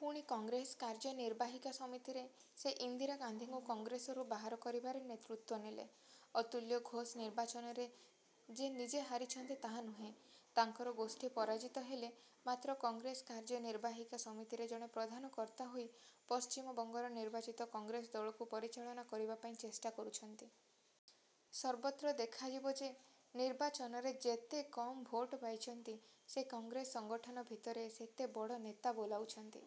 ପୁଣି କଂଗ୍ରେସ କାର୍ଯ୍ୟ ନିର୍ବାହିକା ସମିତିରେ ସେ ଇନ୍ଦିରା ଗାନ୍ଧିଙ୍କୁ କଂଗ୍ରେସରୁ ବାହାର କରିବାରେ ନେତୃତ୍ୱ ନେଲେ। ଅତୁଲ୍ୟ ଘୋଷ ନିର୍ବାଚନରେ ଯେ ନିଜେ ହାରିଛନ୍ତି ତାହା ନୁହେଁ, ତାଙ୍କର ଗୋଷ୍ଠୀ ପରାଜିତ ହେଲେ। ମାତ୍ର କଂଗ୍ରେସ କାର୍ଯ୍ୟ ନିର୍ବାହିକା ସମିତିରେ ଜଣେ ପ୍ରଧାନ କର୍ତ୍ତା ହୋଇ ପଶ୍ଚିମବଙ୍ଗର ନିର୍ବାଚିତ କଂଗ୍ରେସ ଦଳକୁ ପରିଚାଳନା କରିବା ପାଇଁ ଚେଷ୍ଟା କରୁଛନ୍ତି। ସର୍ବତ୍ର ଦେଖାଯିବ ଯେ ନିର୍ବାଚନରେ ଯେତେ କମ୍ ଭୋଟ ପାଇଛନ୍ତି, ସେ କଂଗ୍ରେସ ସଙ୍ଗଠନ ଭିତରେ ସେତେ ବଡ଼ ନେତା ବୋଲାଉଛନ୍ତି।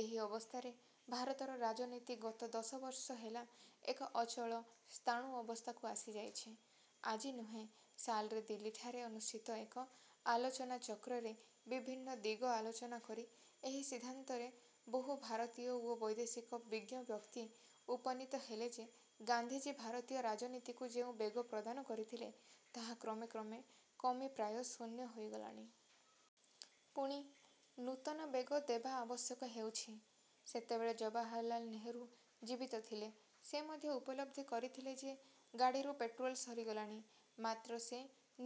ଏହି ଅବସ୍ଥାରେ ଭାରତର ରାଜନୀତି ଗତ ଦଶବର୍ଷ ହେଲା ଏକ ଅଚଳ, ସ୍ଥାଣୁ ଅବସ୍ଥାକୁ ଆସିଯାଇଛି। ଆଜି ନୁହେଁ ସାଲରେ ଦିଲ୍ଲୀଠାରେ ଅନୁଷ୍ଠିତ ଏକ ଆଲୋଚନା ଚକ୍ରରେ ବିଭିନ୍ନ ଦିଗ ଆଲୋଚନା କରି ଏହି ସିଦ୍ଧାନ୍ତରେ ବହୁ ଭାରତୀୟ ଓ ବୈଦେଶିକ ବିଜ୍ଞବ୍ୟକ୍ତି ଉପନୀତ ହେଲେ ଯେ ଗାନ୍ଧିଜୀ ଭାରତୀୟ ରାଜନୀତିକୁ ଯେଉଁ ବେଗ ପ୍ରଦାନ କରିଥିଲେ, ତାହା କ୍ରମେ କ୍ରମେ କମି ପ୍ରାୟ ଶୂନ୍ୟ ହୋଇଗଲାଣି। ପୁଣି। ନୂତନ ବେଗ ଦେବା ଆବଶ୍ୟକ ହେଉଛି। ସେତେବେଳେ ଜବାହରଲାଲ ନେହେରୁ ଜୀବିତ ଥିଲେ। ସେ ମଧ୍ୟ ଉପଲବ୍ଧି କରିଥିଲେ ଯେ ଗାଡ଼ିରୁ ପେଟ୍ରୋଲ ସରିଗଲାଣି; ମାତ୍ର ସେ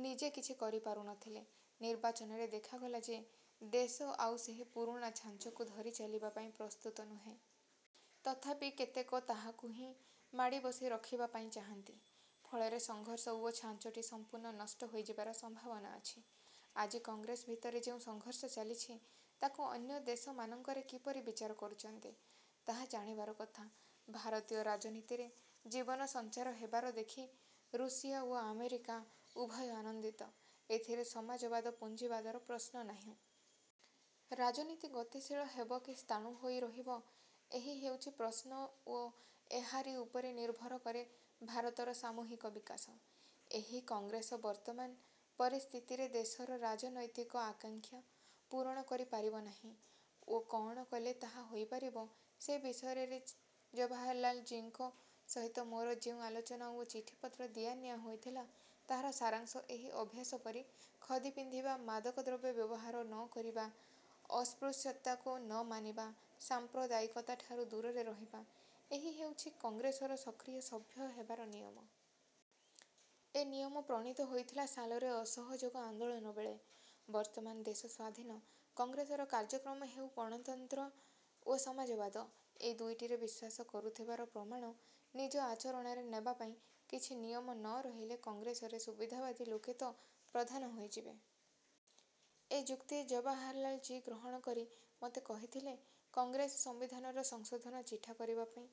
ନିଜେ କିଛି କରିପାରୁ ନ ଥିଲେ। ନିର୍ବାଚନରେ ଦେଖାଗଲା ଯେ ଦେଶ ଆଉ ସେହି ପୁରୁଣା ଛାଞ୍ଚକୁ ଧରି ଚାଲିବା ପାଇଁ ପ୍ରସ୍ତୁତ ନୁହେଁ। ତଥାପି କେତେକ ତାହାକୁ ହିଁ ମାଡ଼ିବସି ରଖିବା ପାଇଁ ଚାହାନ୍ତି। ଫଳରେ ସଂଘର୍ଷ ଓ ଛାଞ୍ଚଟି ସଂପୂର୍ଣ୍ଣ ନଷ୍ଟ ହୋଇଯିବାର ସମ୍ଭାବନା ଅଛି। ଆଜି କଂଗ୍ରେସ ଭିତରେ ଯେଉଁ ସଂଘର୍ଷ ଚାଲିଛି ତାକୁ ଅନ୍ୟ ଦେଶମାନଙ୍କରେ କିପରି ବିଚାର କରୁଚନ୍ତି, ତାହା ଜାଣିବାର କଥା। ଭାରତୀୟ ରାଜନୀତିରେ ଜୀବନ ସଞ୍ଚାର ହେବାର ଦେଖି ରୁଷିଆ ଓ ଆମେରିକା ଉଭୟ ଆନନ୍ଦିତ; ଏଥିରେ ସମାଜବାଦ ପୁଞ୍ଜିବାଦର ପ୍ରଶ୍ନ ନାହଁ। ରାଜନୀତି ଗତିଶୀଳ ହେବ କି ସ୍ଥାଣୁ ହୋଇ ରହିବ ଏହି ହେଉଛି ପ୍ରଶ୍ନ ଓ ଏହାରି ଉପରେ ନିର୍ଭର କରେ ଭାରତର ସାମୂହିକ ବିକାଶ। ଏହି କଂଗ୍ରେସ ବର୍ତ୍ତମାନ ପରିସ୍ଥିତିରେ ଦେଶର ରାଜନୈତିକ ଆକାଙ୍କ୍ଷା ପୂରଣ କରି ପାରିବ ନାହିଁ ଓ କଅଣ କଲେ ତାହା ହୋଇପାରିବ ସେ ବିଷୟରେ ରେ ଜବାହରଲାଲଜୀଙ୍କ ସହିତ ମୋର ଯେଉଁ ଆଲୋଚନା ଓ ଚିଠିପତ୍ର ଦିଆନିଆ ହୋଇଥିଲା ତାହାର ସାରାଂଶ ଏହି- ଅଭ୍ୟାସ କରି ଖଦି ପିନ୍ଧିବା, ମାଦକ ଦ୍ରବ୍ୟ ବ୍ୟବହାର ନ କରିବା, ଅସ୍ପୃଶ୍ୟତାକୁ ନ ମାନିବା, ସାଂପ୍ରଦାୟିକତାଠାରୁ ଦୂରରେ ରହିବା, ଏହି ହେଉଛି କଂଗ୍ରେସର ସକ୍ରିୟ ସଭ୍ୟ ହେବାର ନିୟମ। ଏ ନିୟମ ପ୍ରଣୀତ ହୋଇଥିଲା ସାଲରେ ଅସହଯୋଗ ଆନ୍ଦୋଳନବେଳେ। ବର୍ତ୍ତମାନ ଦେଶ ସ୍ୱାଧୀନ। କଂଗ୍ରେସର କାର୍ଯ୍ୟକ୍ରମ ହେଉ ଗଣତନ୍ତ୍ର ଓ ସମାଜବାଦ। ଏ ଦୁଇଟିରେ ବିଶ୍ୱାସ କରୁଥିବାର ପ୍ରମାଣ ନିଜ ଆଚରଣରେ ନେବାପାଇଁ କିଛି ନିୟମ ନ ରହିଲେ କଂଗ୍ରେସରେ ସୁବିଧାବାଦୀ ଲୋକେ ତ ପ୍ରଧାନ ହୋଇଯିବେ। ଏ ଯୁକ୍ତି ଜବାହରଲାଲଜୀ ଗ୍ରହଣ କରି ମୋତେ କହିଥିଲେ କଂଗ୍ରେସ ସଂବିଧାନର ସଂଶୋଧନ ଚିଠା କରିବା ପାଇଁ।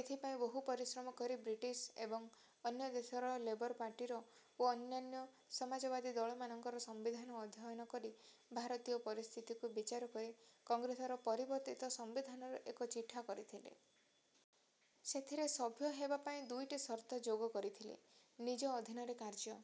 ଏଥିପାଇଁ ବହୁ ପରିଶ୍ରମ କରି ବ୍ରିଟିଶ ଏବଂ ଅନ୍ୟ ଦେଶର ଲେବର ପାର୍ଟିର ଓ ଅନ୍ୟାନ୍ୟ ସମାଜବାଦୀ ଦଳମାନଙ୍କର ସମ୍ବିଧାନ ଅଧ୍ୟୟନ କରି ଭାରତୀୟ ପରିସ୍ଥିତିକୁ ବିଚାର କରି କଂଗ୍ରେସର ପରିବର୍ତ୍ତିତ ସମ୍ବିଧାନର ଏକ ଚିଠା କରିଥିଲି। ସେଥିରେ ସଭ୍ୟ ହେବା ପାଇଁ ଦୁଇଟି ସର୍ତ୍ତ ଯୋଗ କରିଥିଲି। ନିଜ ଅଧୀନରେ କାର୍ଯ୍ୟ